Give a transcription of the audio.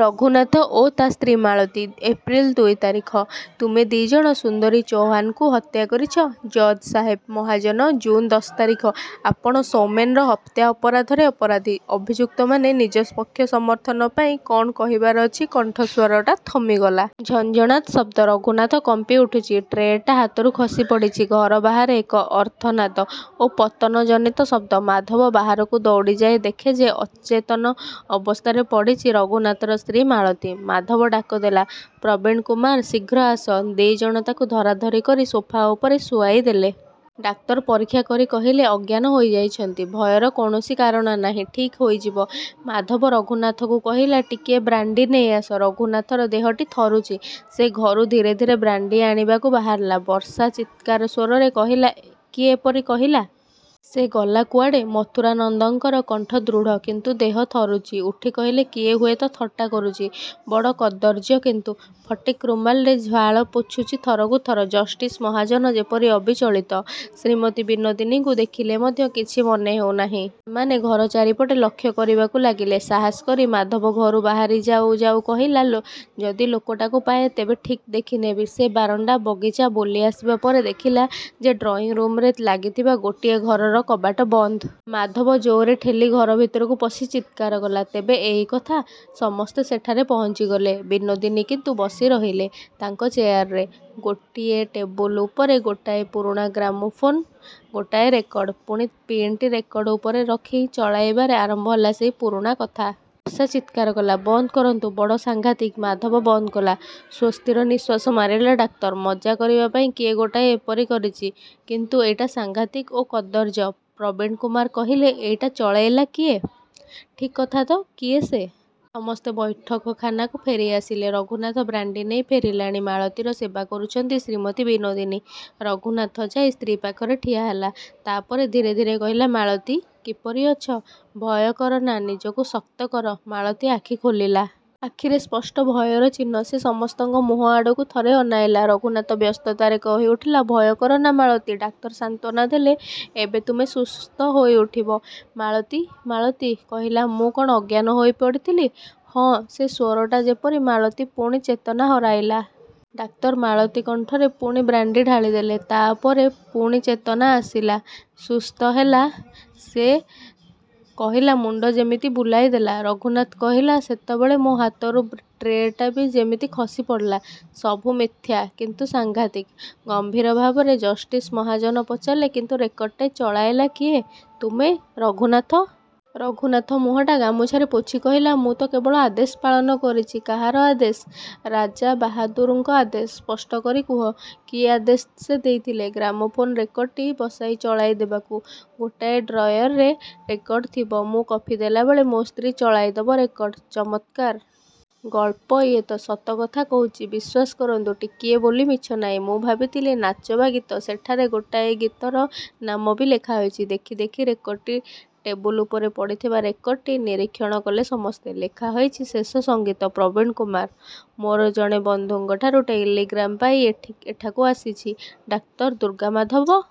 ରଘୁନାଥ ଓ ତା ସ୍ତ୍ରୀ ମାଳତୀ, ଏପ୍ରିଲ ଦୁଇ ତାରିଖ। ତୁମେ ଦି ଜଣ ସୁନ୍ଦରୀ ଚୌହାନକୁ ହତ୍ୟା କରିଛ। ଜଜ୍‌ସାହେବ ମହାଜନ ଜୁନ୍ ଦଶ ତାରିଖ, ଆପଣ ସୌମେନ୍‌ର ହତ୍ୟା ଅପରାଧରେ ଅପରାଧୀ। ଅଭିଯୁକ୍ତମାନେ ନିଜ ପକ୍ଷସମର୍ଥନ ପାଇଁ କଣ କହିବାର ଅଛି? କଣ୍ଠସ୍ୱରଟା ଥମିଗଲା। ଝଞ୍ଜଣାତ୍ ଶବ୍ଦ। ରଘୁନାଥ କମ୍ପିଉଠୁଛି। ଟ୍ରେଟା ହାତରୁ ଖସିପଡ଼ିଛି। ଘର ବାହାରେ ଏକ ଅର୍ତ୍ତନାଦ ଓ ପତନଜନିତ ଶବ୍ଦ ମାଧବ ବାହାରକୁ ଦୌଡ଼ିଯାଇ ଦେଖେ ଯେ ଅଚେତନ ଅବସ୍ଥାରେ ପଡ଼ିଛି ରଘୁନାଥର ସ୍ତ୍ରୀ ମାଳତୀ। ମାଧବ ଡାକଦେଲା, ପ୍ରବୀଣକୁମାର ଶୀଘ୍ର ଆସ। ଦିଜଣ ତାକୁ ଧରାଧରି କରି ସୋଫା ଉପରେ ଶୁଆଇଦେଲେ। ଡାକ୍ତର ପରୀକ୍ଷା କରି କହିଲେ, ଅଜ୍ଞାନ ହୋଇଯାଇଛନ୍ତି। ଭୟର କୌଣସି କାରଣ ନାହିଁ ଠିକ୍ ହୋଇଯିବ। ମାଧବ ରଘୁନାଥକୁ କହିଲା, ଟିକିଏ ବ୍ରାଣ୍ଡି ନେଇଆସ। ରଘୁନାଥର ଦେହଟି ଥରୁଛି। ସେ ଘରୁ ଧୀରେ ଧୀରେ ବ୍ରାଣ୍ଡି ଆଣିବାକୁ ବାହାରିଗଲା। ବର୍ଷା ଚିତ୍କାରସ୍ୱରରେ କହିଲା କିଏ ଏପରି କହିଲା? ସେ ଗଲା କୁଆଡ଼େ ମଥୁରାନନ୍ଦଙ୍କର କଣ୍ଠ ଦୃଢ଼, କିନ୍ତୁ ଦେହ ଥରୁଛି। କହି ଉଠିଲେ, କିଏ ହୁଏତ ଥଟ୍ଟା କରୁଛି, ବଡ଼ କଦର୍ଯ୍ୟ କିନ୍ତୁ ଫଟିକ୍ ରୁମାଲରେ ଝାଳ ପୋଛୁଛି ଥରକୁ ଥର। ଜଷ୍ଟିସ୍ ମହାଜନ ଯେପରି ଅବିଚଳିତ ଶ୍ରୀମତୀ ବିନୋଦିନୀଙ୍କୁ ଦେଖିଲେ ମଧ୍ୟ କିଛି ମନେ ହେଉନାହିଁ। ସେମାନେ ଘର ଚାରିପଟେ ଲକ୍ଷ୍ୟ କରିବାକୁ ଲାଗିଲେ। ସାହସ କରି ମାଧବ ଘରୁ ବାହାରି ଯାଉ ଯାଉ କହିଲା, ଯଦି ଲୋକଟାକୁ ପାଏ, ତେବେ ଠିକ୍ ଦେଖିନେବି। ସେ ବାରଣ୍ଡା, ବଗିଚା ବୁଲିଆସିବା ପରେ ଦେଖିଲା ଯେ ଡ୍ରଇଁରୁମରେ ଲାଗିଥିବା ଗୋଟିଏ ଘରର କବାଟ ବନ୍ଦ। ମାଧବ ଜୋରରେ ଠେଲି ଘରଭିତରକୁ ପଶି ଚିତ୍କାର କଲା, ତେବେ ଏଇ କଥା ସମସ୍ତେ ସେଠାରେ ପହଞ୍ଚିଗଲେ। ବିନୋଦିନୀ କିନ୍ତୁ ବସିରହିଲେ ତାଙ୍କ ଚେଆରରେ ଗୋଟିଏ ଟେବୁଲ୍ ଉପରେ ଗୋଟାଏ ପୁରୁଣା ଗ୍ରାମୋଫୋନ୍, ଗୋଟାଏ ରେକର୍ଡ଼। ପୁଣି ପିନ୍‌ଟି ରେକର୍ଡ଼ ଉପରେ ରଖି ଚଳାଇବାରେ ଆରମ୍ଭ ହେଲା ସେଇ ପୁରୁଣା କଥା। ବର୍ଷା ଚିତ୍କାର କଲା, ବନ୍ଦ କରନ୍ତୁ, ବଡ଼ ସାଙ୍ଘାତିକ। ମାଧବ ବନ୍ଦ କଲା, ସ୍ୱସ୍ତିର ନିଃଶ୍ୱାସ ମାରିଲେ ଡାକ୍ତର। ମଜା କରିବାପାଇଁ କିଏ ଗୋଟାଏ ଏପରି କରିଛି, କିନ୍ତୁ ଏଇଟା ସାଂଘାତିକ ଓ କଦର୍ଯ୍ୟ। ପ୍ରବୀଣକୁମାର କହିଲେ, ଏଇଟା ଚଳାଇଲା କିଏ ଠିକ୍ କଥା ତ, କିଏ ସେ? ସମସ୍ତେ ବୈଠକଖାନାକୁ ଫେରିଆସିଲେ। ରଘୁନାଥ ବ୍ରାଣ୍ଡି ନେଇ ଫେରିଲାଣି। ମାଳତୀର ସେବା କରୁଛନ୍ତି ଶ୍ରୀମତୀ ବିନୋଦିନୀ। ରଘୁନାଥ ଯାଇ ସ୍ତ୍ରୀ ପାଖରେ ଠିଆହେଲା। ତାପରେ ଧୀରେ ଧୀରେ କହିଲା ମାଳତୀ, କିପରି ଅଛ ଭୟ କର ନା, ନିଜକୁ ଶକ୍ତ କର। ମାଳତୀ ଆଖି ଖୋଲିଲା। ଆଖିରେ ସ୍ପଷ୍ଟ ଭୟର ଚିହ୍ନ। ସେ ସମସ୍ତଙ୍କର ମୁହଁ ଆଡ଼କୁ ଥରେ ଅନାଇଲା। ରଘୁନାଥ ବ୍ୟସ୍ତତାରେ କହିଉଠିଲା, ଭୟ କର ନା ମାଳତୀ। ଡାକ୍ତର ସାନ୍ତ୍ୱନା ଦେଲେ, ଏବେ ତୁମେ ସୁସ୍ଥ ହୋଇଉଠିବ, ମାଳତୀ ମାଳତୀ କହିଲା, ମୁଁ କଣ ଅଜ୍ଞାନ ହୋଇପଡ଼ିଥିଲି ହଁ। ସେ ସ୍ୱରଟା ଯେପରି ମାଳତୀ ପୁଣି ଚେତନା ହରାଇଲା। ଡାକ୍ତର ମାଳତୀ କଣ୍ଠରେ ପୁଣି ବ୍ରାଣ୍ଡି ଢାଳିଦେଲେ। ତାପରେ ପୁଣି ଚେତନା ଆସିଲା। ସୁସ୍ଥ ହେଲା ସେ କହିଲା, ମୁଣ୍ଡଟା ଯେମିତି ବୁଲାଇଦେଲା ରଘୁନାଥ କହିଲା, ସେତେବେଳେ ମୋ ହାତରୁ ଟ୍ରେଟା ବି ଯେମିତି ଖସିପଡ଼ିଲା। ସବୁ ମିଥ୍ୟା, କିନ୍ତୁ ସାଙ୍ଘାତିକ ଗମ୍ଭୀର ଭାବରେ ଜଷ୍ଟିସ୍ ମହାଜନ ପଚାରିଲେ, କିନ୍ତୁ ରେକର୍ଡ଼ଟି ଚଳାଇଲା କିଏ ତୁମେ ରଘୁନାଥ? ରଘୁନାଥ ମୁହଁଟା ଗାମୁଛାରେ ପୋଛି କହିଲା ମୁଁ ତ କେବଳ ଆଦେଶ ପାଳନ କରିଛି। କାହାର ଆଦେଶ? ରାଜାବହାଦୁରଙ୍କ ଆଦେଶ। ସ୍ପଷ୍ଟ କରି କୁହ, କି ଆଦେଶ ସେ ଦେଇଥିଲେ? ଗ୍ରାମୋଫୋନ୍ ରେକର୍ଡ଼ଟି ବସାଇ ଚଳାଇଦେବାକୁ। ଗୋଟାଏ ଡ୍ରୟାରରେ ରେକର୍ଡ଼ ଥିବ। ମୁଁ କଫି ଦେଲାବେଳେ ମୋ ସ୍ତ୍ରୀ ଚଳାଇଦେବ ରେକର୍ଡ଼ ଚମତ୍କାର। ଗଳ୍ପ ଇଏତ ସତକଥା କହୁଛି। ବିଶ୍ୱାସ କରନ୍ତୁ, ଟିକିଏ ବୋଲି ମିଛ ନାହିଁ। ମୁଁ ଭାବିଥିଲି, ନାଚ ବା ଗୀତ। ସେଠାରେ ଗୋଟାଏ ଗୀତର ନାମ ବି ଲେଖାହୋଇଛି। ଦେଖି ଦେଖି ରେକର୍ଡ଼ଟି। ଟେବୁଲ୍ ଉପରେ ପଡ଼ିଥିବା ରେକର୍ଡ଼ଟି ନିରୀକ୍ଷଣ କଲେ ସମସ୍ତେ। ଲେଖା ଅଛି ଶେଷ ସଙ୍ଗୀତ, ପ୍ରବୀଣକୁମାର ମୋର ଜଣେ ବନ୍ଧୁଙ୍କଠାରୁ ଟେଲିଗ୍ରାମ୍ ପାଇ ଏଠାକୁ ଆସିଛି ଡାକ୍ତର ଦୁର୍ଗାମାଧବ?